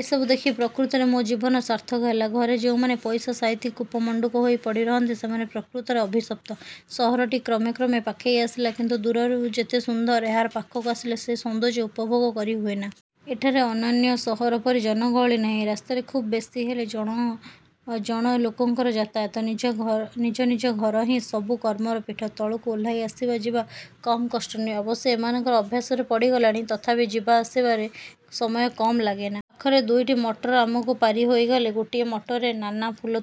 ଏସବୁ ଦେଖି ପ୍ରକୃତରେ ମୋ ଜୀବନ ସାର୍ଥକ ହେଲା। ଘରେ ଯେଉଁମାନେ ପଇସା ସାଇତି କୂପମଣ୍ଡୁକ ହୋଇ ପଡ଼ି ରହନ୍ତି, ସେମାନେ ପ୍ରକୃତରେ ଅଭିଶପ୍ତ। ସହରଟି କ୍ରମେ କ୍ରମେ ପାଖେଇ ଆସିଲା କିନ୍ତୁ ଦୂରରୁ ଯେତେ ସୁନ୍ଦର, ଏହାର ପାଖକୁ ଆସିଲେ ସେ ସୌନ୍ଦର୍ଯ୍ୟ ଉପଭୋଗ କରି ହୁଏନା। ଏଠାରେ ଅନ୍ୟାନ୍ୟ ସହର ପରି ଜନଗହଳି ନାହିଁ। ରାସ୍ତାରେ ଖୁବ୍ ବେଶୀ ହେଲେ। ଜଣ ଲୋକଙ୍କର ଯାତାୟାତ। ନିଜ ନିଜ ଘରହିଁ ସବୁ କର୍ମର ପୀଠ। ତଳକୁ ଓହ୍ଲାଇ ଆସିବା ଯିବା କମ୍ କଷ୍ଟ ନୁହେଁ। ଅବଶ୍ୟ ଏମାନଙ୍କର ଅଭ୍ୟାସରେ ପଡ଼ିଗଲାଣି; ତଥାପି ଯିବା ଆସିବାରେ ସମୟ କମ୍ ଲାଗେନା। ପାଖରେ ଦୁଇଟି ମଟର ଆମକୁ ପାରି ହୋଇଗଲେ। ଗୋଟିଏ ମଟରରେ। ନାନା ଫୁଲ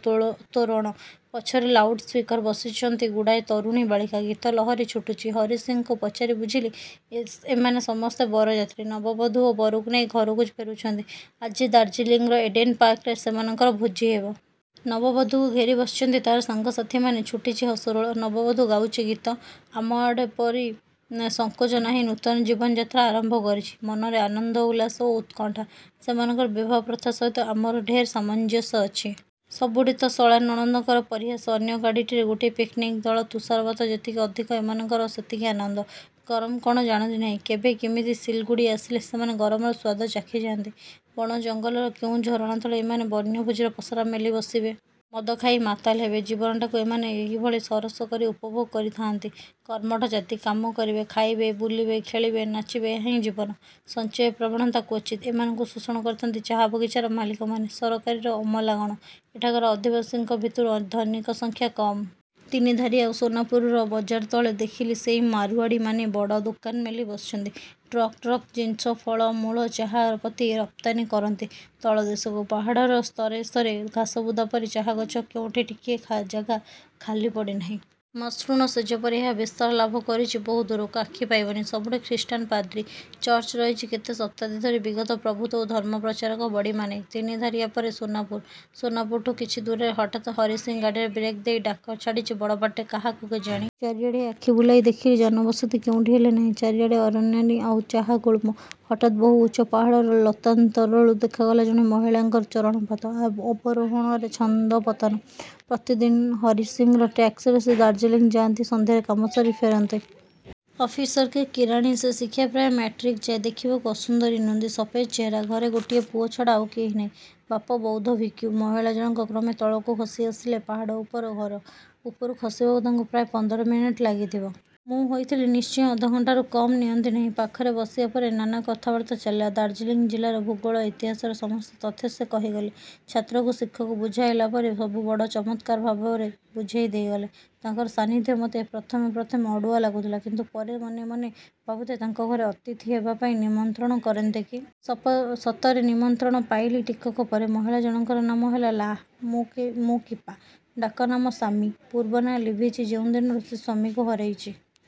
ତୋରଣ। ପଛରେ ଲାଉଡସ୍ପିକର୍। ବସିଛନ୍ତି ଗୁଡ଼ିଏ ତରୁଣୀବାଳିକା। ଗୀତ ଲହରୀ ଛୁଟିଛି। ହରିସିଂକୁ ପଚାରି ବୁଝିଲି–ଏମାନେ ସମସ୍ତେ ବରଯାତ୍ରୀ। ନବବଧୁ ଓ ବରକୁ ନେଇ ଘରକୁ ଫେରୁଛନ୍ତି। ଆଜି ଦାର୍ଜିଲିଂର ଏଡେନ୍ ପାର୍କରେ ସେମାନଙ୍କର ଭୋଜି ହେବ। ନବବଧୂକୁ ଘେରି ବସିଛନ୍ତି ତାର ସାଙ୍ଗ ସାଥୀମାନେ ଛୁଟିଚି ହସରୋଳ। ନବବଧୁ ଗାଉଚି ଗୀତ। ଆମ ଆଡ ପରି ସଙ୍କୋଚ ନାହିଁ ନୂତନ ଜୀବନ ଯାତ୍ରା ଆରମ୍ଭ କରିଛି। ମନରେ ଆନନ୍ଦ ଉଲ୍ଲସ ଓ ଉତ୍କଣ୍ଠା। ସେମାନଙ୍କର ବିବାହ ପ୍ରଥା ସହିତ ଆମର ଢେର ସାମଞ୍ଜସ୍ୟ ଅଛି। ସବୁଠି ତ ଶଳା ନଣନ୍ଦଙ୍କର ପରିହାସ। ଅନ୍ୟ ଗାଡ଼ିଟିରେ ଗୋଟିଏ ପିକ୍ନିକ୍ ଦଳ। ତୁଷାରପାତ ଯେତିକି ଅଧିକ ଏମାନଙ୍କର ସେତିକି ଆନନ୍ଦ! ଗରମ କ'ଣ ଜାଣନ୍ତି ନାହିଁ। କେବେ କିମିତି ସିଲଗୁଡ଼ି ଆସିଲେ ସେମାନେ ଗରମର ସ୍ୱାଦୁ ଚାଖି ଯାଆନ୍ତି। ବଣ ଜଙ୍ଗଲର କେଉଁ ଝରଣା ତଳେ ଏମାନେ ବନ୍ୟଭୋଜୀର ପସରା ମେଲି ବସିବେ। ମଦ ଖାଇ ମାତାଲ ହେବେ। ଜୀବନଟାକୁ ଏମାନେ ଏହିଭଳି ସରସ କରି ଉପଭୋଗ କରିଥାଆନ୍ତି। କର୍ମଠ ଜାତି। କାମ କରିବେ, ଖାଇବେ–ବୁଲିବେ, ଖେଳିବେ, ନାଚିବେ–ଏହାହିଁ ଜୀବନ। ସଞ୍ଚୟ ପ୍ରବଣତା କ୍ୱଚିତ୍। ଏମାନଙ୍କୁ ଶୋଷଣ କରିଥାନ୍ତି ଚାହା ବଗିଚାର ମାଲିକମାନେ–ସରକାରୀର ଅମଲାଗଣ। ଏଠାକାର ଅଧିବାସୀଙ୍କ ଭିତରୁ ଧନୀକ ସଂଖ୍ୟା କମ୍। ତିନିଧାରିଆ ଓ ସୋନାପୁରର ବଜାର ତଳେ ଦେଖିଲି ସେଇ ମାରୁଆଡିମାନେ ବଡ଼ ଦୋକାନ ମେଲି ବସିଛନ୍ତି। ଟ୍ରକ ଟ୍ରକ ଜିନିଷ, ଫଳ-ମୂଳ, ଚାହା ପତି ରପ୍ତାନି କରନ୍ତି। ତଳ ଦେଶକୁ। ପାହାଡ଼ର ସ୍ତରେ ସ୍ତରେ ଘାସ ବୁଦା ପରି ଚାହା ଗଛ କେଉଁଠି ଟିକିଏ ଜାଗା ଖାଲି ପଡ଼ିନାହିଁ। ମସୃଣ ଶେଜ ପରି ଏହା ବିସ୍ତାର ଲାଭ କରିଚି ବହୁ ଦୂରକୁ। ଆଖି ପାଇବନି! ସବୁଠି ଖ୍ରୀଷ୍ଟାନ ପାଦ୍ରୀ। ଚର୍ଚ୍ଚ ରହିଚି କେତେ ଶତାବ୍ଦି ଧରି ବିଗତ ପ୍ରଭୃତ୍ୱ ଓ ଧର୍ମ ପ୍ରଚାରକ ବଡ଼ିମା ନେଇ-। ତିନି ଧାରିଆ ପରେ ସୋନାପୁର। ସୋନାପୁରଠୁ କିଛି ଦୂରରେ ହଠାତ୍ ହରିସିଂ ଗାଡ଼ିରେ ବ୍ରେକ୍ ଦେଇ ଡାକ ଛାଡ଼ିଛି ବଡ଼ ପାଟିରେ–କାହାକୁ କେଜାଣି। ଚାରିଆଡ଼େ ଆଖି ବୁଲାଇ ଦେଖିଲି ଜନବସତି କେଉଁଠି ହେଲେ ନାହିଁ। ଚାରିଆଡ଼େ ଅରଣ୍ୟାନୀ ଆଉ ଚାହା ଗୁଳ୍ମ। ହଠାତ୍ ବହୁ ଉଚ୍ଚ ପାହାଡ଼ର ଲତାନ୍ତରାଳରୁ ଦେଖାଗଲା ଜଣେ ମହିଳାଙ୍କର ଚରଣପାତ, ଅବରୋହଣର ଛନ୍ଦପତନ। ପ୍ରତିଦିନ ହରିସିଂର ଟାକ୍ସିରେ ସେ ଦାର୍ଜିଲିଂ ଯାଆନ୍ତି–ସନ୍ଧ୍ୟାରେ କାମ ସାରି ଫେରନ୍ତି-। ଅଫିସର କିରାନୀ ସେ। ଶିକ୍ଷା ପ୍ରାୟ ମାଟ୍ରିକ ଯାଏଁ। ଦେଖିବାକୁ ଅସୁନ୍ଦରୀ ନୁହନ୍ତି। ସଫେଦ୍ ଚେହେରା। ଘରେ ଗୋଟିଏ ପୁଅ ଛଡ଼ା ଆଉ କେହି ନାହିଁ। ବାପ ବୌଦ୍ଧ ଭିକ୍ଷୁ। ମହିଳା ଜଣକ କ୍ରମେ ତଳକୁ ଖସି ଆସିଲେ। ପାହାଡ଼ ଉପରେ ଘର। ଉପରୁ ଖସିବାକୁ ତାଙ୍କୁ ପ୍ରାୟ ପନ୍ଦର ମିନିଟ ଲାଗିଥିବ। ମୁଁ ହୋଇଥିଲେ ନିଶ୍ଚୟ ଅଧଘଣ୍ଟାକରୁ କମ୍ ନିଅନ୍ତି ନାହିଁ। ପାଖରେ ବସିବା ପରେ ନାନା କଥାବାର୍ତ୍ତା ଚାଲିଲା। ଦାର୍ଜିଲିଂ ଜିଲ୍ଲାର ଭୂଗୋଳ, ଇତିହାସର ସମସ୍ତ ତଥ୍ୟ ସେ କହିଗଲେ। ଛାତ୍ରକୁ ଶିକ୍ଷକ ବୁଝାଇଲେ ପରି ସବୁ ବଡ଼ ଚମତ୍କାର ଭାବରେ ବୁଝେଇ ଦେଇଗଲେ। ତାଙ୍କର ସାନ୍ନିଧ୍ୟ ମତେ ପ୍ରଥମେ ପ୍ରଥମେ ଅଡ଼ୁଆ ଲାଗୁଥିଲା; କିନ୍ତୁ ପରେ ମନେ ମନେ ଭାବୁଥାଏ ତାଙ୍କ ଘରେ ଅତିଥି ହେବା ପାଇଁ ନିମନ୍ତ୍ରଣ କରନ୍ତେ କି! ସତରେ ନିମନ୍ତ୍ରଣ ପାଇଲି ଟିକକ ପରେ। ମହିଳା ଜଣକଙ୍କର ନାମ ଲାହା-ମୁଁ-କିପା। ଡାକ ନାମ ଶାମ୍ମି। ପୂର୍ବ ନାଁ ଲିଭିଚି ଯେଉଁଦିନଠୁ ସେ ସ୍ୱାମୀକୁ ହରେଇଚି।